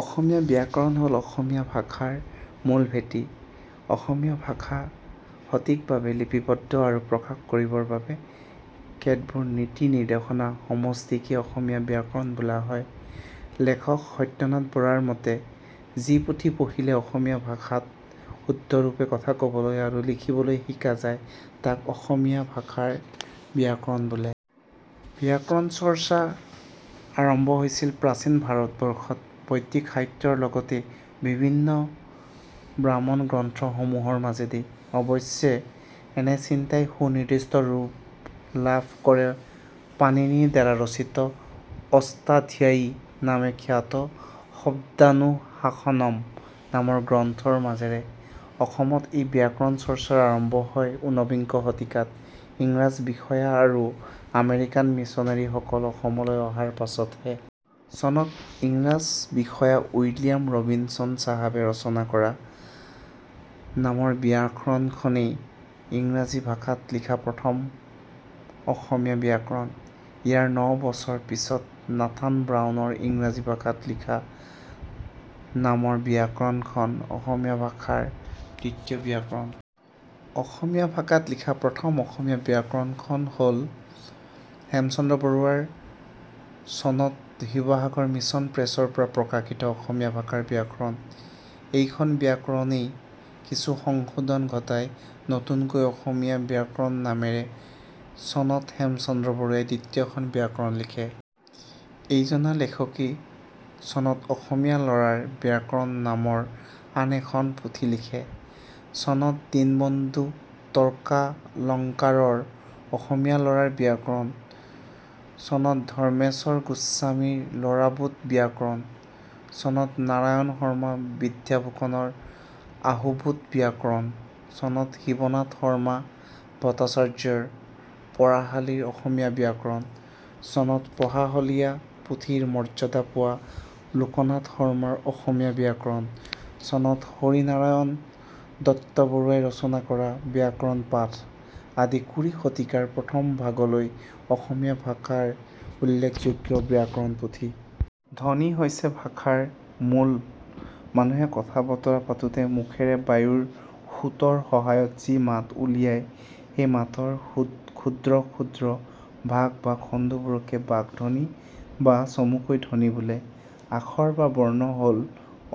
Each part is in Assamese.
অসমীয়া ব্যাকৰণ হ'ল অসমীয়া ভাষাৰ মূল ভেটি। অসমীয়া ভাষা সঠিকভাৱে লিপিবদ্ধ আৰু প্ৰকাশ কৰিবৰ বাবে কেতবোৰ নীতি নিৰ্দেশনা সমষ্টিকেই অসমীয়া ব্যাকৰণ বোলা হয়। লেখক সত্যনাথ বৰাৰ মতে, "যি পুথি পঢ়িলে অসমীয়া ভাষাত শুদ্ধৰূপে কথা কবলৈ আৰু লিখিবলৈ শিকা যায়, তাক অসমীয়া ভাষাৰ ব্যাকৰণ বোলে। "। ব্যাকৰণ চৰ্চাৰ আৰম্ভ হৈছিল প্ৰাচীন ভাৰতবৰ্ষত, বৈদিক সাহিত্যৰ লগতে বিভিন্ন ব্ৰাহ্মণ গ্ৰন্থসমূহৰ মাজেদি। অৱশ্যে এনে চিন্তাই সুনিৰ্দিষ্ট ৰূপ লাভ কৰে পাণিনিৰ দ্বাৰা ৰচিত 'অষ্টাধ্যায়ী' নামে খ্যাত "শব্দানুশাসনম" নামৰ গ্ৰন্থৰ মাজেৰে। অসমত এই ব্যাকৰণ চৰ্চাৰ আৰম্ভ হয় উনবিংশ শতিকাত, ইংৰাজ বিষয়া আৰু আমেৰিকান মিছনেৰীসকল অসমলৈ অহাৰ পাছতহে। চনত ইংৰাজ বিষয়া উইলিয়াম ৰবিন্সন চাহাবে ৰচনা কৰা "" নামৰ ব্যাকৰণখনেই ইংৰাজী ভাষাত লিখা প্ৰথম অসমীয়া ব্যাকৰণ। ইয়াৰ ন বছৰ পিছত নাথান ব্ৰাউন ৰ ইংৰাজী ভাষাত লিখা " নামৰ ব্যাকৰণখন অসমীয়া ভাষাৰ দ্বিতীয় ব্যাকৰণ। অসমীয়া ভাষাত লিখা প্ৰথম অসমীয়া ব্যাকৰণখন হ'ল, হেমচন্দ্ৰ বৰুৱা ৰ চনত শিৱাসাগৰ মিছন প্ৰেছৰ পৰা প্ৰকাশিত অসমীয়া ভাষাৰ ব্যাকৰণ। এইখন ব্যাকৰণৰেই কিছু সংশোধন ঘটাই নতুনকৈ অসমীয়া ব্যাকৰণ নামেৰে চনত হেমচন্দ্ৰ বৰুৱাই দ্বিতীয়খন ব্যাকৰণ লিখে। এইজনা লেখকেই চনত অসমীয়া ল'ৰাৰ ব্যাকৰণ নামৰ আন এখনি পুথি লিখে। চনত দীনবন্ধু তৰ্কালংকাৰৰ "অসমীয়া ল'ৰাৰ ব্যাকৰণ'', চনত ধৰ্মেশ্বৰ গোস্বামীৰ "ল'ৰাবোধ ব্যাকৰণ'', চনত নাৰায়ণ শৰ্মা বিদ্যাভূষণৰ "আশুবোধ ব্যাকৰণ'', চনত শিৱনাথ শৰ্মা ভট্টাচাৰ্যৰ "পঢ়াশালীৰ অসমীয়া ব্যাকৰণ'', চনত পঢ়াশলীয়া পুথিৰ মৰ্যাদা পোৱা লোকনাথ শৰ্মাৰ "অসমীয়া ব্যাকৰণ'', চনত হৰিনাৰায়ণ দত্তবৰুৱা ই ৰচনা কৰা "ব্যাকৰণ পাঠ '' আদি কুৰি শতিকাৰ প্ৰথম ভাগলৈ অসমীয়া ভাষাৰ উল্লেখযোগ্য ব্যাকৰণ পুথি। ধ্বনি হৈছে ভাষা ৰ মূল। মানুহে কথা বতৰা পাতোঁতে মুখেৰে বায়ুৰ সোঁতৰ সহায়ত যি মাত উলিয়ায় সেই মাতৰ ক্ষুদ্ৰ ক্ষুদ্ৰ ভাগ বা খণ্ডবোৰকে বাগ্ধ্বনি, বা চমুকৈ ধ্বনি বোলে। আখৰ বা বৰ্ণ হ'ল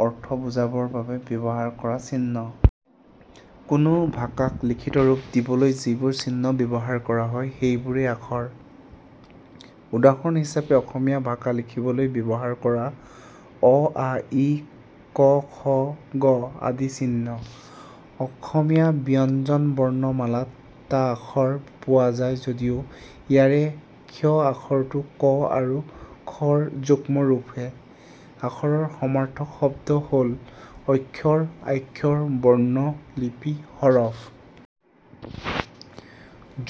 অৰ্থ বুজাবৰ বাবে ব্যৱহাৰ কৰা চিহ্ন। কোনো ভাষাক লিখিত ৰূপ দিবলৈ যিবোৰ চিহ্ন ব্যৱহাৰ কৰা হয় সেইবোৰেই আখৰ৷ উদাহৰণ হিচাপে অসমীয়া ভাষা লিখিবলৈ ব্যৱহাৰ কৰা — অ, আ, ই, ক, খ, গ আদি চিহ্ন৷ অসমীয়া ব্যঞ্জনবৰ্ণমালাত টা আখৰ পোৱা যায় যদিও ইয়াৰে 'ক্ষ' আখৰটো 'ক' আৰু 'ষ'ৰ যুগ্ম ৰূপহে ৷ আখৰৰ সমাৰ্থক শব্দ হ'ল: অক্ষৰ, আক্ষৰ, বৰ্ণ, লিপি, হৰফ।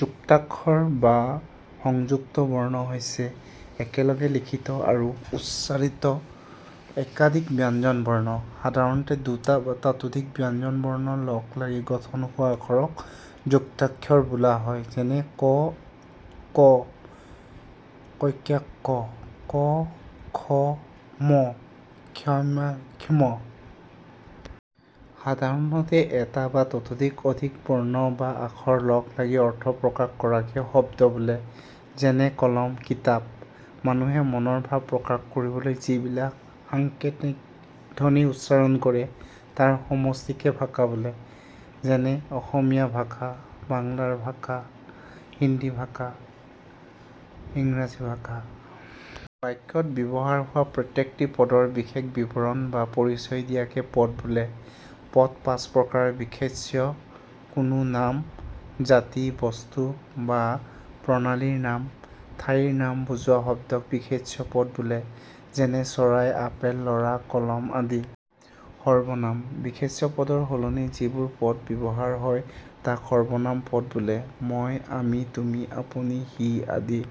যুক্তাক্ষৰ বা সংযুক্ত বৰ্ণ হৈছে একেলগে লিখিত আৰু উচ্চাৰিত একাধিক ব্যঞ্জন-বৰ্ণ। সাধাৰণতে দুটা বা ততোধিক ব্যঞ্জন বৰ্ণ লগ লাগি গঠন হোৱা আখৰক যুক্তাক্ষৰ বোলা হয়। যেনে- ক ক ক্ক, ক ষ ম ক্ষ্ম। সাধাৰণতে এটা বা তাতোকৈ অধিক বৰ্ণ বা আখৰ লগ লাগি অৰ্থ প্ৰকাশ কৰাকে শব্দ বোলে। যেনে: কলম, কিতাপ। মানুহে মনৰ ভাৱ প্ৰকাশ কৰিবলৈ যিবিলাক সাঙ্কেতিক ধ্বনি উচ্চাৰণ কৰে তাৰ সমষ্টিকে ভাষা বোলে। যেনে: অসমীয়া ভাষা, বাংলা ভাষা, হিন্দী ভাষা, ইংৰাজী ভাষা। বাক্যত ব্যৱহাৰ হোৱা প্ৰত্যেকটি পদৰ বিশেষ বিৱৰণ বা পৰিচয় দিয়াকেই পদ বোলে। পদ পাঁচ প্ৰকাৰৰ বিশেষ্য :- কোনো নাম, জাতি, বস্তু বা প্ৰণালীৰ নাম, ঠাইৰ নাম বুজোৱা শব্দক বিশেষ্য পদ বোলে। যেনে- চৰাই, আপেল, ল'ৰা, কলম আদি। সৰ্বনাম :- বিশেষ্য পদৰ সলনি যিবোৰ পদ ব্যৱহাৰ হয় তাক সৰ্বনাম পদ বোলে। মই, আমি, তুমি, আপুনি, সি আদি।